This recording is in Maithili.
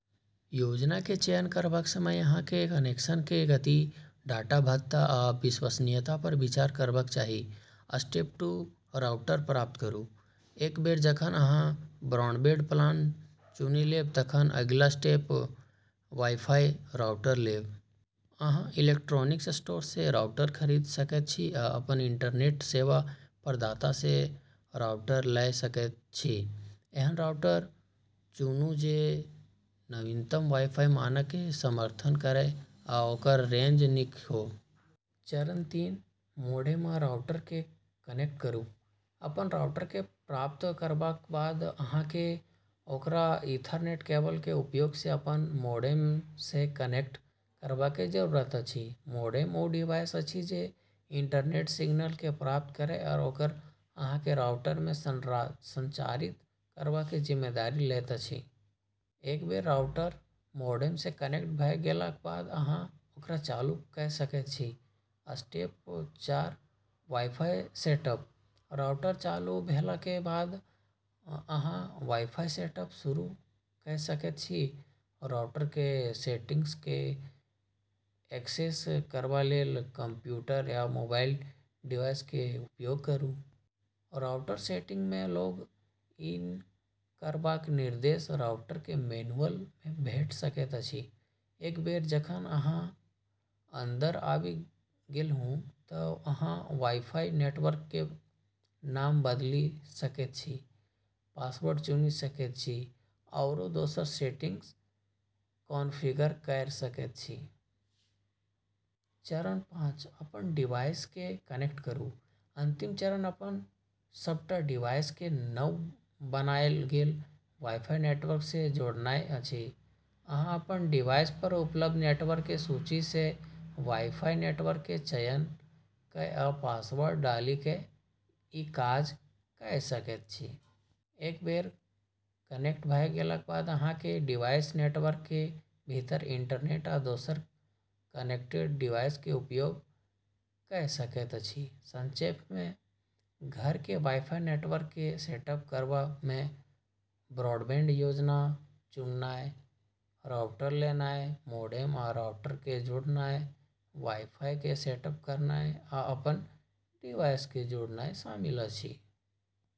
योजना के चयन करबाक समय अहाँ के कनेक्शन के गति, डाटा भत्ता, आ विश्वसनीयता पर विचार करबाक चाही। स्टेप दू राउटर प्राप्त करू। एक बेर जखन अहाँ ब्रॉडबैंड प्लान चुनि लेब तखन अगिला स्टेप वाई-फाई राउटर लेब। अहाँ इलेक्ट्रॉनिक्स स्टोर सँ राउटर खरीद सकैत छी या अपन इंटरनेट सेवा प्रदाता सँ राउटर लए सकैत छी। एहन राउटर चुनू जे नवीनतम वाई-फाई मानक के समर्थन करए आ ओकर रेंज नीक हो। चरण तीन मोडेम आ राउटर के कनेक्ट करू। अपन राउटर के प्राप्त करबाक बाद, अहाँ के ओकरा ईथरनेट केबल के उपयोग सँ अपन मोडेम सँ कनेक्ट करबाक जरूरत अछि। मोडेम ओ डिवाइस अछि जे इंटरनेट सिग्नल के प्राप्त करए आ ओकरा अहाँ के राउटर मे संचारित करबाक जिम्मेदारी लैत अछि। एक बेर राउटर मोडेम सँ कनेक्ट भ गेलाक बाद अहाँ ओकरा चालू कए सकैत छी। स्टेप चार वाई-फाई सेट अप। राउटर चालू भेलाक बाद अहाँ वाई-फाई सेटअप शुरू कए सकैत छी। राउटर के सेटिंग्स के एक्सेस करबा लेल कंप्यूटर या मोबाइल डिवाइस के उपयोग करू। राउटर सेटिंग्स मे लॉग इन करबाक निर्देश राउटर के मैनुअल मे भेट सकैत अछि। एक बेर जखन अहाँ अंदर आबि गेलहुं त अहाँ वाई-फाई नेटवर्क के नाम बदलि सकैत छी, पासवर्ड चुनि सकैत छी आओर दोसर सेटिंग्स कॉन्फ़िगर कए सकैत छी। चरण पाँच अपन डिवाइस के कनेक्ट करू। अंतिम चरण अपन सबटा डिवाइस के नव बनायल गेल वाई-फाई नेटवर्क सँ जोड़नाय अछि। अहाँ अपन डिवाइस पर उपलब्ध नेटवर्क के सूची सँ वाई-फाई नेटवर्क के चयन कए आ पासवर्ड डालि कए ई काज कए सकैत छी। एक बेर कनेक्ट भ गेलाक बाद अहाँ के डिवाइस नेटवर्क के भीतर इंटरनेट आ दोसर कनेक्टेड डिवाइस के उपयोग कए सकैत अछि। संक्षेप मे, घर के वाई-फाई नेटवर्क के सेटअप करबा मे ब्रॉडबैंड योजना चुननाय, राउटर लेनाय, मोडेम आ राउटर के जोड़नाय, वाई-फाई के सेटअप करनाय, आ अपन डिवाइस के जोड़नाय शामिल अछि।